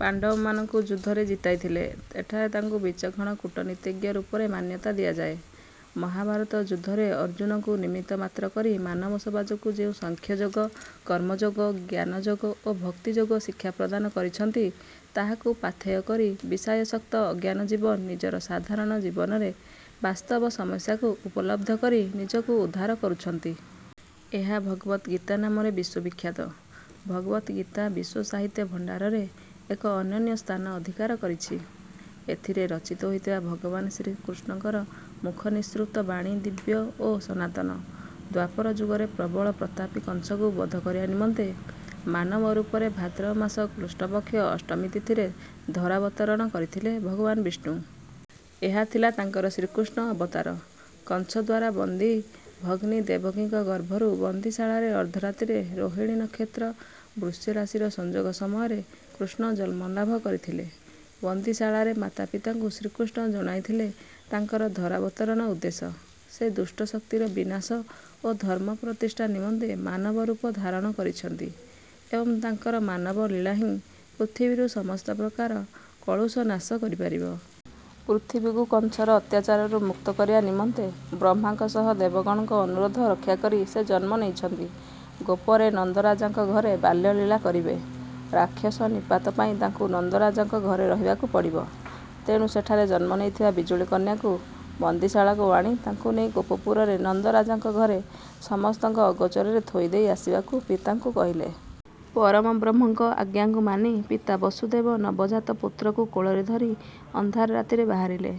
ପାଣ୍ଡବମାନଙ୍କୁ ଯୁଦ୍ଧରେ ଜିତାଇଥିଲେ। ଏଠାରେ ତାଙ୍କୁ ବିଚକ୍ଷଣ କୂଟନୀତିଜ୍ଞ ରୂପରେ ମାନ୍ୟତା ଦିଆଯାଏ। ମହାଭାରତ ଯୁଦ୍ଧରେ ଅର୍ଜୁନଙ୍କୁ ନିମିତ୍ତମାତ୍ର କରି ମାନବ ସମାଜକୁ ଯେଉଁ ସାଂଖ୍ୟଯୋଗ, କର୍ମଯୋଗ, ଜ୍ଞାନଯୋଗ ଓ ଭକ୍ତିଯୋଗ ଶିକ୍ଷା ପ୍ରଦାନ କରିଛନ୍ତି, ତାହାକୁ ପାଥେୟ କରି ବିଷୟାସକ୍ତ ଅଜ୍ଞାନ ଜୀବ ନିଜର ସାଧାରଣ ଜୀବନରେ ବାସ୍ତବ ସମସ୍ୟାକୁ ଉପଲବ୍ଧି କରି ନିଜକୁ ଉଦ୍ଧାର କରୁଛନ୍ତି। ଏହା ଭଗବଦ୍‌ଗୀତା ନାମରେ ବିଶ୍ୱବିଖ୍ୟାତ। ଭଗବଦ୍‌ଗୀତା ବିଶ୍ୱ ସାହିତ୍ୟ ଭଣ୍ଡାରରେ ଏକ ଅନନ୍ୟ ସ୍ଥାନ ଅଧିକାର କରିଛି। ଏଥିରେ ରଚିତ ହୋଇଥିବା ଭଗବାନ ଶ୍ରୀକୃଷ୍ଣଙ୍କର ମୁଖନିଃସୃତ ବାଣୀ ଦିବ୍ୟ ଓ ସନାତନ। ଦ୍ୱାପର ଯୁଗରେ ପ୍ରବଳ ପ୍ରତାପୀ କଂସକୁ ବଧ କରିବା ନିମନ୍ତେ ମାନବ ରୂପରେ ଭାଦ୍ରବ ମାସ କୃଷ୍ଣପକ୍ଷ ଅଷ୍ଟମୀ ତିଥିରେ ଧରାବତରଣ କରିଥିଲେ ଭଗବାନ ବିଷ୍ଣୁ। ଏହା ଥିଲା ତାଙ୍କର ଶ୍ରୀକୃଷ୍ଣ ଅବତାର। କଂସଦ୍ୱାରା ବନ୍ଦୀ ଭଗ୍ନୀ ଦେବକୀଙ୍କ ଗର୍ଭରୁ ବନ୍ଦିଶାଳାରେ ଅର୍ଦ୍ଧରାତ୍ରିରେ ରୋହିଣୀ ନକ୍ଷତ୍ର-ବୃଷରାଶିର ସଂଯୋଗ ସମୟରେ କୃଷ୍ଣ ଜନ୍ମଲାଭ କରିଥିଲେ। ବନ୍ଦିଶାଳାରେ ମାତା-ପିତାଙ୍କୁ ଶ୍ରୀକୃଷ୍ଣ ଜଣାଇଥିଲେ ତାଙ୍କର ଧରାବତରଣ ଉଦ୍ଦେଶ୍ୟ। ସେ ଦୁଷ୍ଟ ଶକ୍ତିର ବିନାଶ ଓ ଧର୍ମ ପ୍ରତିଷ୍ଠା ନିମନ୍ତେ ମାନବ ରୂପ ଧାରଣ କରିଛନ୍ତି ଏବଂ ତାଙ୍କର ମାନବ ଲୀଳା ହିଁ ପୃଥିବୀରୁ ସମସ୍ତ ପ୍ରକାର କଳୁଷ ନାଶ କରିପାରିବ। ପୃଥିବୀକୁ କଂସର ଅତ୍ୟାଚାରରୁ ମୁକ୍ତ କରିବା ନିମନ୍ତେ ବ୍ରହ୍ମାଙ୍କ ସହ ଦେବଗଣଙ୍କ ଅନୁରୋଧ ରକ୍ଷା କରି ସେ ଜନ୍ମ ନେଇଛନ୍ତି। ଗୋପରେ ନନ୍ଦରାଜାଙ୍କ ଘରେ ବାଲ୍ୟ ଲୀଳା କରିବେ। ରାକ୍ଷସ ନିପାତ ପାଇଁ ତାଙ୍କୁ ନନ୍ଦରାଜାଙ୍କ ଘରେ ରହିବାକୁ ପଡ଼ିବ, ତେଣୁ ସେଠାରେ ଜନ୍ମ ନେଇଥିବା ବିଜୁଳି କନ୍ୟାକୁ ବନ୍ଦିଶାଳାକୁ ଆଣି ତାଙ୍କୁ ନେଇ ଗୋପପୁରରେ ନନ୍ଦରାଜାଙ୍କ ଘରେ ସମସ୍ତଙ୍କ ଅଗୋଚରରେ ଥୋଇଦେଇ ଆସିବାକୁ ପିତାଙ୍କୁ କହିଲେ। ପରମବ୍ରହ୍ମଙ୍କ ଆଜ୍ଞାକୁ ମାନି ପିତା ବସୁଦେବ ନବଜାତ ପୁତ୍ରକୁ କୋଳରେ ଧରି ଅନ୍ଧାର ରାତିରେ ବାହାରିଲେ।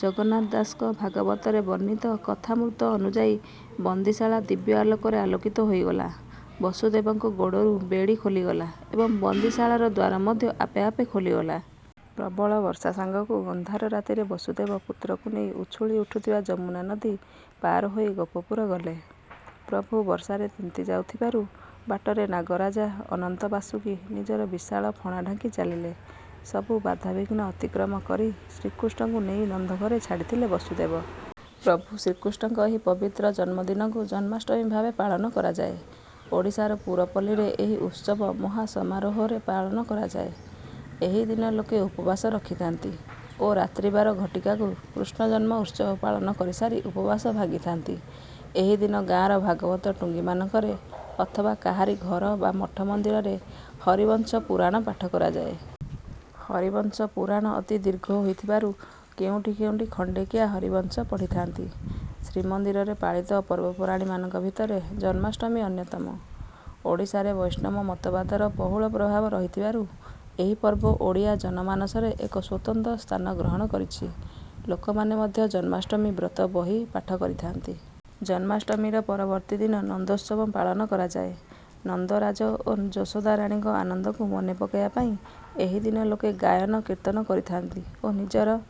ଜଗନ୍ନାଥ ଦାସଙ୍କ ଭାଗବତରେ ବର୍ଣ୍ଣିତ କଥାମୃତ ଅନୁଯାୟୀ ବନ୍ଦିଶାଳା ଦିବ୍ୟ ଆଲୋକରେ ଆଲୋକିତ ହୋଇଗଲା, ବସୁଦେବଙ୍କ ଗୋଡ଼ରୁ ବେଡ଼ି ଖୋଲିଗଲା ଏବଂ ବନ୍ଦିଶାଳାର ଦ୍ୱାର ମଧ୍ୟ ଆପେଆପେ ଖୋଲିଗଲା। ପ୍ରବଳ ବର୍ଷା ସାଙ୍ଗକୁ ଅନ୍ଧାର ରାତିରେ ବସୁଦେବ ପୁତ୍ରକୁ ନେଇ ଉଛୁଳି ଉଠୁଥିବା ଯମୁନା ନଦୀ ପାର ହୋଇ ଗୋପପୁର ଗଲେ। ପ୍ରଭୁ ବର୍ଷାରେ ତିନ୍ତି ଯାଉଥିବାରୁ ବାଟରେ ନାଗରାଜା ଅନନ୍ତ ବାସୁକି ନିଜର ବିଶାଳ ଫଣା ଢାଙ୍କି ଚାଲିଲେ। ସବୁ ବାଧାବିଘ୍ନ ଅତିକ୍ରମ କରି ଶ୍ରୀକୃଷ୍ଣଙ୍କୁ ନେଇ ନନ୍ଦଘରେ ଛାଡ଼ିଥିଲେ ବସୁଦେବ। ପ୍ରଭୁ ଶ୍ରୀକୃଷ୍ଣଙ୍କ ଏହି ପବିତ୍ର ଜନ୍ମଦିନକୁ ଜନ୍ମାଷ୍ଟମୀ ଭାବେ ପାଳନ କରାଯାଏ। ଓଡ଼ିଶାର ପୁରପଲ୍ଲୀରେ ଏହି ଉତ୍ସବ ମହା ସମାରୋହରେ ପାଳନ କରାଯାଏ। ଏହିଦିନ ଲୋକେ ଉପବାସ ରଖିଥାନ୍ତି ଓ ରାତ୍ରି ବାର ଘଟିକାକୁ କୃଷ୍ଣଜନ୍ମ ଉତ୍ସବ ପାଳନ କରିସାରି ଉପବାସ ଭାଙ୍ଗିଥାନ୍ତି। ଏହିଦିନ ଗାଁର ଭାଗବତ ଟୁଙ୍ଗୀମାନଙ୍କରେ ଅଥବା କାହାରି ଘର ବା ମଠ-ମନ୍ଦିରରେ ହରିବଂଶ ପୁରାଣ ପାଠ କରାଯାଏ। ହରିବଂଶ ପୁରାଣ ଅତି ଦୀର୍ଘ ହୋଇଥିବାରୁ କେଉଁଠି କେଉଁଠି ଖଣ୍ଡିକିଆ ହରିବଂଶ ପଢ଼ିଥାନ୍ତି। ଶ୍ରୀମନ୍ଦିରରେ ପାଳିତ ପର୍ବପର୍ବାଣୀମାନଙ୍କ ଭିତରେ ଜନ୍ମାଷ୍ଟମୀ ଅନ୍ୟତମ। ଓଡ଼ିଶାରେ ବୈଷ୍ଣବ ମତବାଦର ବହୁଳ ପ୍ରଭାବ ରହିଥିବାରୁ ଏହି ପର୍ବ ଓଡ଼ିଆ ଜନମାନସରେ ଏକ ସ୍ୱତନ୍ତ୍ର ସ୍ଥାନ ଗ୍ରହଣ କରିଛି। ଲୋକମାନେ ମଧ୍ୟ ଜନ୍ମାଷ୍ଟମୀ ବ୍ରତ ବହି ପାଠ କରିଥାନ୍ତି। ଜନ୍ମାଷ୍ଟମୀର ପରବର୍ତ୍ତୀ ଦିନ ନନ୍ଦୋତ୍ସବ ପାଳନ କରାଯାଏ। ନନ୍ଦରାଜ ଓ ଯଶୋଦାରାଣୀଙ୍କ ଆନନ୍ଦକୁ ମନେ ପକାଇବା ପାଇଁ ଏହି ଦିନ ଲୋକେ ଗାୟନ-କୀର୍ତ୍ତନ କରିଥାନ୍ତି ଓ ନିଜର